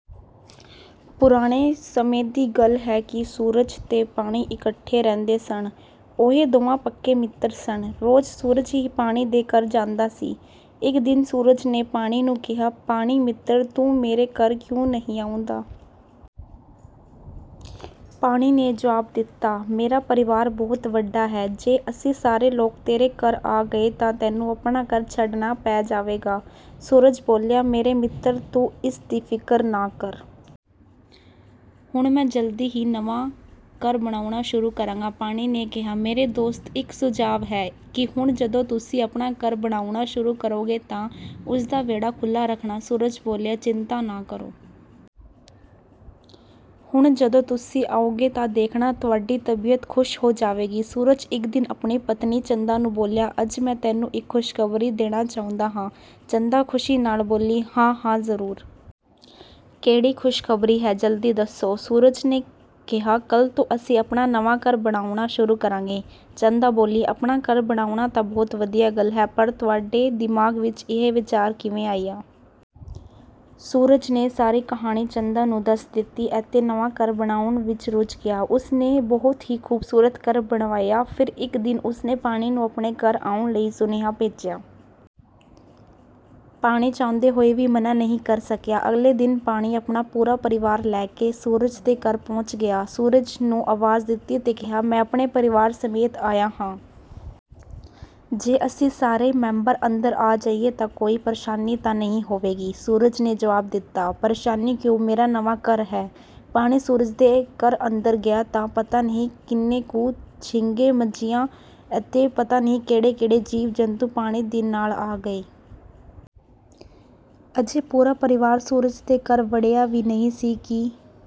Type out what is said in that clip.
ਪੁਰਾਣੇ ਸਮੇਂ ਦੀ ਗੱਲ ਹੈ ਕਿ ਸੂਰਜ ਤੇ ਪਾਣੀ ਇਕੱਠੇ ਰਹਿੰਦੇ ਸਨ। ਉਹ ਦੋਵੇਂ ਪੱਕੇ ਮਿੱਤਰ ਸਨ। ਰੋਜ਼ ਸੂਰਜ ਹੀ ਪਾਣੀ ਦੇ ਘਰ ਜਾਂਦਾ ਸੀ। ਇੱਕ ਦਿਨ ਸੂਰਜ ਨੇ ਪਾਣੀ ਨੂੰ ਕਿਹਾ, “ਪਾਣੀ ਮਿੱਤਰ, ਤੂੰ ਮੇਰੇ ਘਰ ਕਿਉਂ ਨਹੀਂ ਆਉਂਦਾ?” ਪਾਣੀ ਨੇ ਜਵਾਬ ਦਿੱਤਾ, “ਮੇਰਾ ਪਰਿਵਾਰ ਬਹੁਤ ਵੱਡਾ ਹੈ। ਜੇ ਅਸੀਂ ਸਾਰੇ ਲੋਕ ਤੇਰੇ ਘਰ ਆ ਗਏ ਤਾਂ ਤੈਨੂੰ ਆਪਣਾ ਘਰ ਛੱਡਣਾ ਪੈ ਜਾਵੇਗਾ।” ਸੂਰਜ ਬੋਲਿਆ, “ਮੇਰੇ ਮਿੱਤਰ, ਤੂੰ ਇਸ ਦੀ ਫ਼ਿਕਰ ਨਾ ਕਰ। ਹੁਣ ਮੈਂ ਜਲਦੀ ਹੀ ਨਵਾਂ ਘਰ ਬਣਾਉਣਾ ਸ਼ੁਰੂ ਕਰਾਂਗਾ।'' ਪਾਣੀ ਨੇ ਕਿਹਾ, “ਮੇਰੇ ਦੋਸਤ, ਇੱਕ ਸੁਝਾਅ ਹੈ ਕਿ ਹੁਣ ਜਦੋਂ ਤੁਸੀਂ ਆਪਣਾ ਘਰ ਬਣਾਉਣਾ ਸ਼ੁਰੂ ਕਰੋਗੇ ਤਾਂ ਉਸ ਦਾ ਵਿਹੜਾ ਖੁੱਲ੍ਹਾ ਰੱਖਣਾ।” ਸੂਰਜ ਬੋਲਿਆ, “ਚਿੰਤਾ ਨਾ ਕਰੋ। ਹੁਣ ਜਦੋਂ ਤੁਸੀਂ ਆਓਗੇ ਤਾਂ ਦੇਖਣਾ, ਤੁਹਾਡੀ ਤਬੀਅਤ ਖ਼ੁਸ਼ ਹੋ ਜਾਵੇਗੀ।' ਸੂਰਜ ਇੱਕ ਦਿਨ ਆਪਣੀ ਪਤਨੀ ਚੰਦਾ ਨੂੰ ਬੋਲਿਆ, “ਅੱਜ ਮੈਂ ਤੈਨੂੰ ਇੱਕ ਖ਼ੁਸ਼ਖ਼ਬਰੀ ਦੇਣੀ ਚਾਹੁੰਦਾ ਹਾਂ।” ਚੰਦਾ ਖ਼ੁਸ਼ੀ ਨਾਲ ਬੋਲੀ, “ਹਾਂ-ਹਾਂ, ਜ਼ਰੂਰ! ਕਿਹੜੀ ਖ਼ੁਸ਼ਖ਼ਬਰੀ ਹੈ? ਜਲਦੀ ਦੱਸੋ।” ਸੂਰਜ ਨੇ ਕਿਹਾ ''ਕੱਲ੍ਹ ਤੋਂ ਅਸੀਂ ਆਪਣਾ ਨਵਾਂ ਘਰ ਬਣਾਉਣਾ ਸ਼ੁਰੂ ਕਰਾਂਗੇ। '' ਚੰਦਾ ਬੋਲੀ, “ਆਪਣਾ ਘਰ ਬਣਾਉਣਾ ਤਾਂ ਬਹੁਤ ਵਧੀਆ ਗੱਲ ਹੈ, ਪਰ ਤੁਹਾਡੇ ਦਿਮਾਗ਼ ਵਿੱਚ ਇਹ ਵਿਚਾਰ ਕਿਵੇਂ ਆਇਆ? ਸੂਰਜ ਨੇ ਸਾਰੀ ਕਹਾਣੀ ਚੰਦਾ ਨੂੰ ਦੱਸ ਦਿੱਤੀ ਅਤੇ ਨਵਾਂ ਘਰ ਬਣਾਉਣ ਵਿੱਚ ਰੁੱਝ ਗਿਆ। ਉਸ ਨੇ ਬਹੁਤ ਹੀ ਖ਼ੂਬਸੂਰਤ ਘਰ ਬਣਵਾਇਆ। ਫਿਰ ਇੱਕ ਦਿਨ ਉਸ ਨੇ ਪਾਣੀ ਨੂੰ ਆਪਣੇ ਘਰ ਆਉਣ ਲਈ ਸੁਨੇਹਾ ਭੇਜਿਆ। ਪਾਣੀ ਚਾਹੁੰਦੇ ਹੋਏ ਵੀ ਮਨ੍ਹਾਂ ਨਹੀਂ ਕਰ ਸਕਿਆ। ਅਗਲੇ ਦਿਨ ਪਾਣੀ ਆਪਣਾ ਪੂਰਾ ਪਰਿਵਾਰ ਲੈ ਕੇ ਸੂਰਜ ਦੇ ਘਰ ਪਹੁੰਚ ਗਿਆ। ਸੂਰਜ ਨੂੰ ਆਵਾਜ਼ ਦਿੱਤੀ ਤੇ ਕਿਹਾ, “ਮੈਂ ਆਪਣੇ ਪਰਿਵਾਰ ਸਮੇਤ ਆਇਆ ਹਾਂ। ਜੇ ਅਸੀਂ ਸਾਰੇ ਮੈਂਬਰ ਅੰਦਰ ਆ ਜਾਈਏ ਤਾਂ ਕੋਈ ਪ੍ਰੇਸ਼ਾਨੀ ਤਾਂ ਨਹੀਂ ਹੋਵੇਗੀ?” ਸੂਰਜ ਨੇ ਜਵਾਬ ਦਿੱਤਾ, ''ਪ੍ਰੇਸ਼ਾਨੀ ਕਿਉਂ? ਮੇਰਾ ਨਵਾਂ ਘਰ ਹੈ। ਪਾਣੀ ਸੂਰਜ ਦੇ ਘਰ ਅੰਦਰ ਗਿਆ ਤਾਂ ਪਤਾ ਨਹੀਂ ਕਿੰਨੇ ਕੁ ਝੀਂਗੇ, ਮੱਛੀਆਂ ਅਤੇ ਪਤਾ ਨਹੀਂ ਕਿਹੜੇ-ਕਿਹੜੇ ਜੀਵ-ਜੰਤੂ ਪਾਣੀ ਦੇ ਨਾਲ ਆ ਗਏ। ਅਜੇ ਪੂਰਾ ਪਰਿਵਾਰ ਸੂਰਜ ਦੇ ਘਰ ਵੜਿਆ ਵੀ ਨਹੀਂ ਸੀ ਕਿ